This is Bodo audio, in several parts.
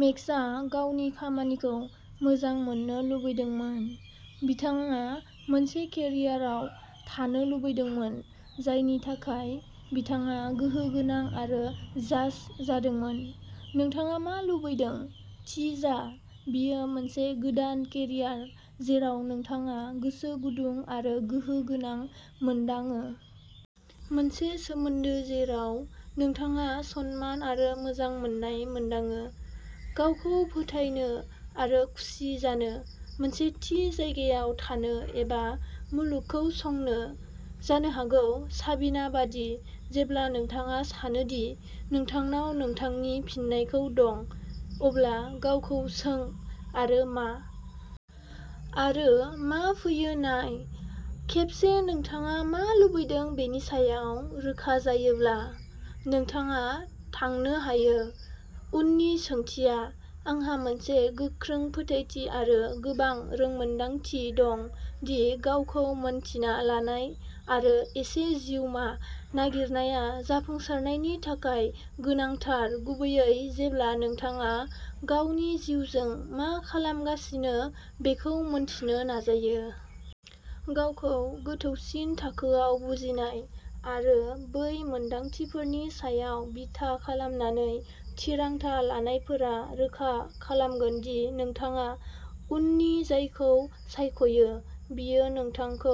मेक्सआ गावनि खामानिखौ मोजां मोननो लुबैदोंमोन। बिथाङा मोनसे केरियार आव थानो लुबैदोंमोन जायनि थाखाय बिथाङा गोहो गोनां आरो "जाज" जादोंमोन। नोंथाङा मा लुबैदों? थि जा। बेयो मोनसे गोदान केरियार जेराव नोंथाङा गोसो गुदुं आरो गोहो गोनां मोनदाङो? मोनसे सोमोन्दो जेराव नोंथाङा सनमान आरो मोजां मोननाय मोनदाङो? गावखौ फोथायनो आरो खुसि जानो? मोनसे थि जायगायाव थानो एबा मुलुगखौ संनो? जानो हागौ, साबिना बायदि, जेब्ला नोंथाङा सानो दि नोंथांनाव नोंथांनि फिननायखौ दं, अब्ला गावखौ सों, "आरो मा? " आरो मा फैयो नाय। खेबसे नोंथाङा मा लुबैदों बेनि सायाव रोखा जायोब्ला, नोंथाङा थांनो हायो। उननि सोंथिया। आंहा मोनसे गोख्रों फोथायथि आरो गोबां रोंमोन्दांथि दं दि गावखौ-मिन्थिना लानाय आरो एसे जिउमा नागिरनाया जाफुंसारनायनि थाखाय गोनांथार-गुबैयै जेब्ला नोंथाङा गावनि जिउजों मा खालामगासिनो बेखौ मिथिनो नाजायो। गावखौ गोथौसिन थाखोआव बुजिनाय आरो बै मोनदांथिफोरनि सायाव बिथा खालामनानै थिरांथा लानायफोरा रोखा खालामगोन दि नोंथाङा उननि जायखौ सायख'यो बेयो नोंथांखौ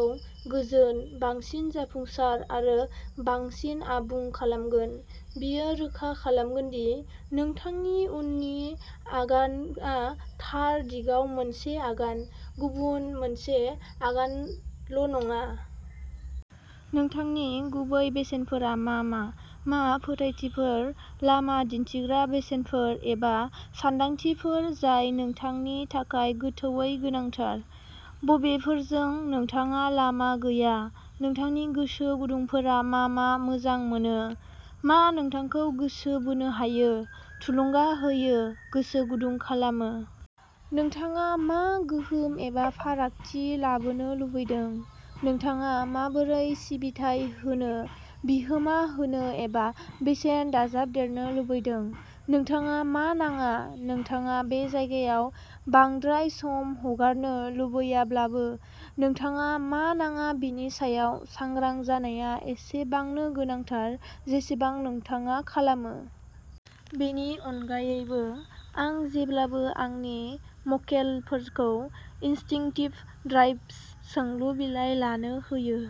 गोजोन, बांसिन जाफुंसार आरो बांसिन आबुं खालामगोन। बेयो रोखा खालामगोन दि नोंथांनि उननि आगानआ थार दिगाव मोनसे आगान, गुबुन मोनसे आगानल'नङा। नोंथांनि गुबै बेसेनफोरा मा मा? मा फोथायथिफोर, लामा दिन्थिग्रा बोसोनफोर एबा सानदांथिफोर जाय नोंथांनि थाखाय गोथौवै गोनांथार? बबेफोरजों नोंथाङा लामा गैया? नोंथांनि गोसो गुदुंफोरा मा मा मोजां मोनो? मा नोंथांखौ गोसो बोनो हायो, थुलुंगा होयो, गोसो गुदुं खालामो? नोंथाङा मा गोहोम एबा फारागथि लाबोनो लुबैदों? नोंथाङा माबोरै सिबिथाइ होनो, बिहोमा होनो एबा बेसेन दाजाबदेरनो लुबैदों? नोंथाङा मा नाङा? नोंथाङा बे जायगायाव बांद्राय सम हगारनो लुबैयाब्लाबो, नोंथाङा मा नाङा बेनि सायाव सांग्रां जानाया एसेबांनो गोनांथार जेसेबां नोंथाङा खालामो! बेनि अनगायैबो, आं जेब्लाबो आंनि मक्केलफोरखौ इनस्टिंक्टिभ ड्राइभ्स सोंलु बिलाइ लानो होयो।